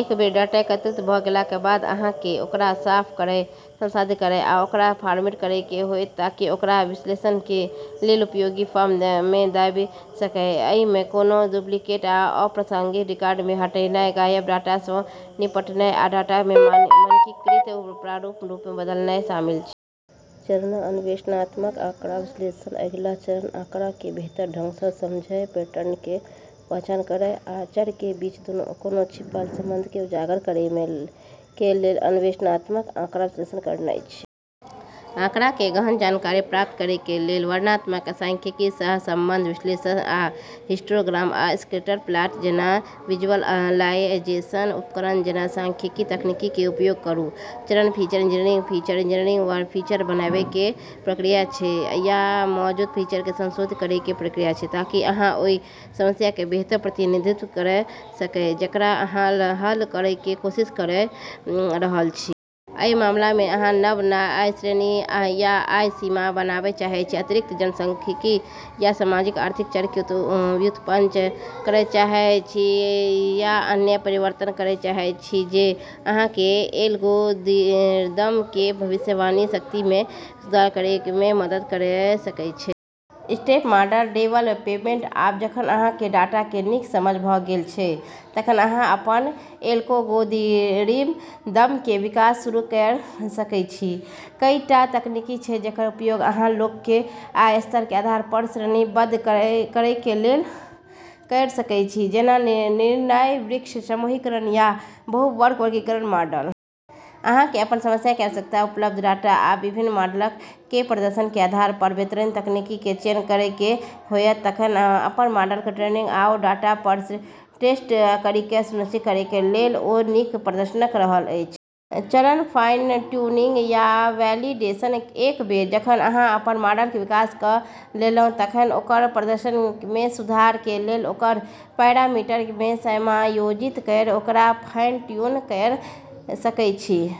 एक बेर डाटा एकत्रित भ गेलाक कें बाद, अहां कें ओकरा साफ करय, संसाधित करय आ ओकरा फॉर्मेट करय कें होयत ताकि ओकरा विश्लेषण कें लेल उपयोगी फॉर्म मे आबि सकय. अइ मे कोनों डुप्लिकेट या अप्रासंगिक रिकॉर्ड कें हटानाय, गायब डाटा सं निपटनाय, आ डाटा कें मानकीकृत प्रारूप मे बदलनाय शामिल छै. चरण: अन्वेषणात्मक आँकड़ा विश्लेषण अगिला चरण आँकड़ा कें बेहतर ढंग सं समझय, पैटर्न कें पहचान करय आ चर कें बीच कोनों छिपल संबंधक कें उजागर करय कें लेल अन्वेषणात्मक आँकड़ा विश्लेषण करनाय छै. आंकड़ा कें गहन जानकारी प्राप्त करय कें लेल वर्णनात्मक सांख्यिकी, सहसंबंध विश्लेषण, आ हिस्टोग्राम आ स्कैटर प्लॉट जैना विजुअलाइजेशन उपकरण जैना सांख्यिकीय तकनीक कें उपयोग करूं. चरण: फीचर इंजीनियरिंग फीचर इंजीनियरिंग नव फीचर बनाबय कें प्रक्रिया छै या मौजूदा फीचर कें संशोधित करय कें प्रक्रिया छै ताकि अहां ओय समस्या कें बेहतर प्रतिनिधित्व करय सकय जेकरा अहां हल करय कें कोशिश करय रहल छी. अइ मामला मे, अहां नव आय श्रेणी या आय सीमा बनाबय चाहय छी, अतिरिक्त जनसांख्यिकीय या सामाजिक आर्थिक चर कें व्युत्पन्न करय चाहय छी, या अन्य परिवर्तन करय चाहय सकय छी जे अहां कें एल्गोरिदम कें भविष्यवाणी शक्ति मे सुधार करय मे मदद कयर सकय छै. स्टेप: मॉडल डेवलपमेंट आब जखन अहां कें डाटा कें नीक समझ भ गेल छै, तखन अहां अपन एल्गोरिदम कें विकास शुरू कयर सकय छी. कईटा तकनीक छै जेकर उपयोग अहां लोगक कें आय स्तर कें आधार पर श्रेणीबद्ध करय कें लेल कयर सकय छी, जेना निर्णय वृक्ष, समूहीकरण, या बहु-वर्ग वर्गीकरण मॉडल. अहां कें अपन समस्या कें आवश्यकताक, उपलब्ध डाटा, आ विभिन्न मॉडलक कें प्रदर्शन कें आधार पर बेहतरीन तकनीक कें चयन करय कें होयत. तखन अपन मॉडल के ट्रेनिंग आओर डाटा पर टेस्ट करि ई सुनिश्चित करय लेल जे ओ नीक प्रदर्शन क रहल अछि. चरण: फाइन-ट्यूनिंग आ वैलिडेशन एक बेर जखन अहां अपन मॉडल कें विकास क लेलहुं तखन ओकर प्रदर्शन मे सुधार कें लेल ओकर पैरामीटर कें समायोजित कयर ओकरा फाइन ट्यून कयर सकय छी.